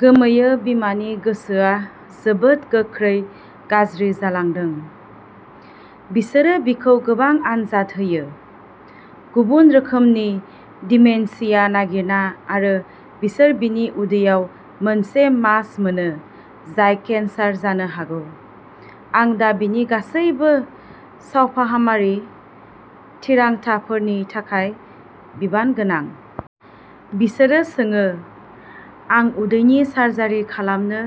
गोमोयो बिमानि गोसोआ जोबोद गोख्रै गाज्रि जालांदों। बिसोरो बिखौ गोबां आनजाद होयो। गुबुन रोखोमनि डिमेनशिया नागिरना आरो बिसोर बिनि उदैआव मोनसे मास मोनो जाय केन्सार जानो हागौ। आं दा बिनि गासैबो सावफाहामारि थिरांथाफोरनि थाखाय बिबानगोनां। बिसोरो सोङो आं उदैनि सार्जारि खालामनो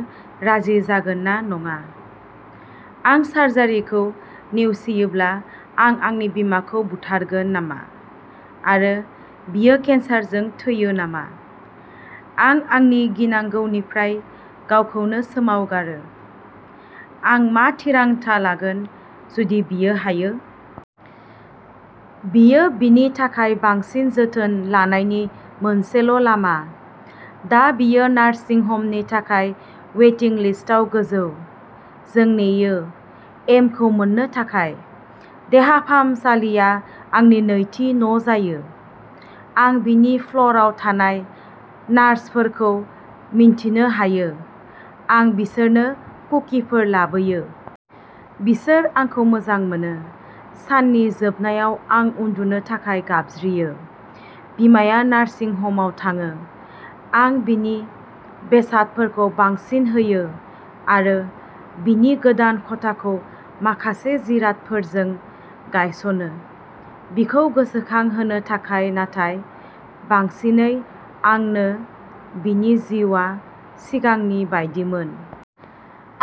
राजि जागोन ना नङा। आं सार्जारिखौ नेवसियोब्ला आं आंनि बिमाखौ बुथारगोन नामा आरो बियो केन्सारजों थैयो नामा, आं आंनि गिनांगौनिफ्राय गावखौनो सोमावगारो। आं मा थिरांथा लागोन जुदि बियो हायो। बेयो बिनि थाखाय बांसिन जोथोन लानायनि मोनसेल'लामा। दा बियो नार्सिं ह'मनि थाखाय वेटिं लिस्टआव गोजौ। जों नेयो। एमखौ मोननो थाखाय। देहा फाहामसालिया आंनि नैथि न'जायो। आं बिनि फ्ल'रआव थानाय नार्सफोरखौ मिन्थिनो हायो। आं बिसोरनो कुकिफोर लाबोयो। बिसोर आंखौ मोजां मोनो। साननि जोबनायाव, आं उन्दुनो थाखाय गाबज्रियो। बिमाया नार्सिं ह'मआव थाङो। आं बिनि बेसादफोरखौ बांसिन होयो आरो बिनि गोदान खथाखौ माखासे जिरादफोरजों गायसनो, बिखौ गोसोखांहोनो थाखाय नाथाय बांसिनै आंनो-बिनि जिउआ सिगांनि बायदिमोन।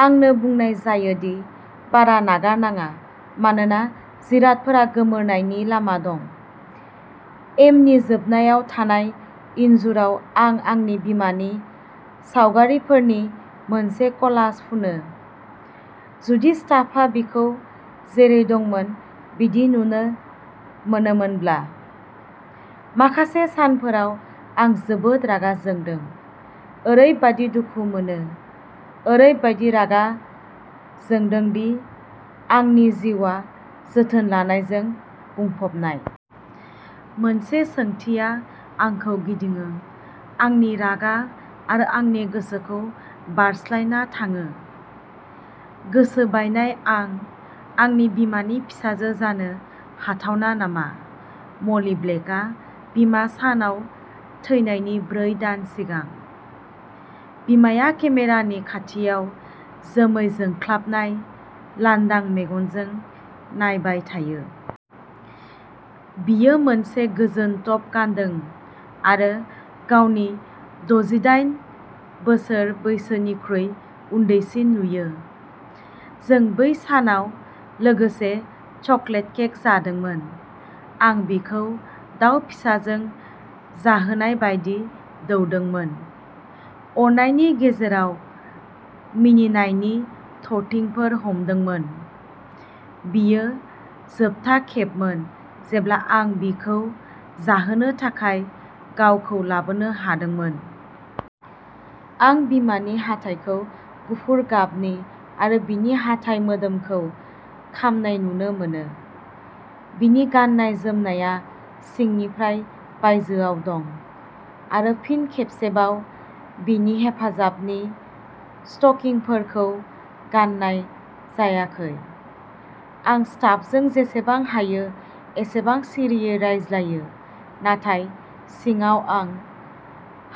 आंनो बुंनाय जायो दि बारा नागारनाङा मानोना जिरादफोरा गोमोरनायनि लामा दं। एमनि जोबनायाव थानाय इनजुराव आं आंनि बिमानि सावगारिफोरनि मोनसे क'लाज फुनो। जुदि स्टाफआ बिखौ जेरै दंमोन बिदि नुनो मोनोमोनब्ला। माखासे सानफोराव, आं जोबोद रागा जोंदों, ओरैबादि दुखु मोनो, ओरैबादि रागा जोंदों दि आंनि जिउआ जोथोन लानायजों बुंफबनाय। मोनसे सोंथिया आंखौ गिदिङो, आंनि रागा आरो आंनि गोसोखौ बारस्लायना थाङो। गोसो बायनाय आं आंनि बिमानि फिसाजो जानो हाथावना नामा, म'ली ब्लेकआ बिमा सान आव थैनायनि ब्रै दान सिगां। बिमाया केमेरानि खाथियाव जोमै जोंख्लाबनाय, लांदां मेगनजों नायबाय थायो। बियो मोनसे गोजोन टप गानदों आरो गावनि द'जिदाइन बोसोर बैसोनिख्रुइ उन्दैसिन नुयो। जों बै सानाव लोगोसे चकलेट केक जादोंमोन, आं बिखौ दाउ फिसाजों जाहोनाय बायदि दौदोंमोन, अरनायनि गेजेराव मिनिनायनि थरथिंफोर हमदोंमोन। बेयो जोबथा खेबमोन जेब्ला आं बिखौ जाहोनो थाखाय गावखौ लाबोनो हादोंमोन। आं बिमानि हाथाइखौ गुफुर गाबनि आरो बिनि हाथाइ मोदोमखौ खामनाय नुनो मोनो। बिनि गाननाय जोमनाया सिंनिफ्राय बायजोआव दं। आरो फिन खेबसेबाव बिनि हेफाजाबनि स्टकिंफोरखौ गाननाय जायाखै। आं स्टाफजों जेसेबां हायो एसेबां सिरियै रायज्लायो, नाथाय सिङाव आं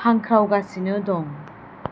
हांख्रावगासिनो दं।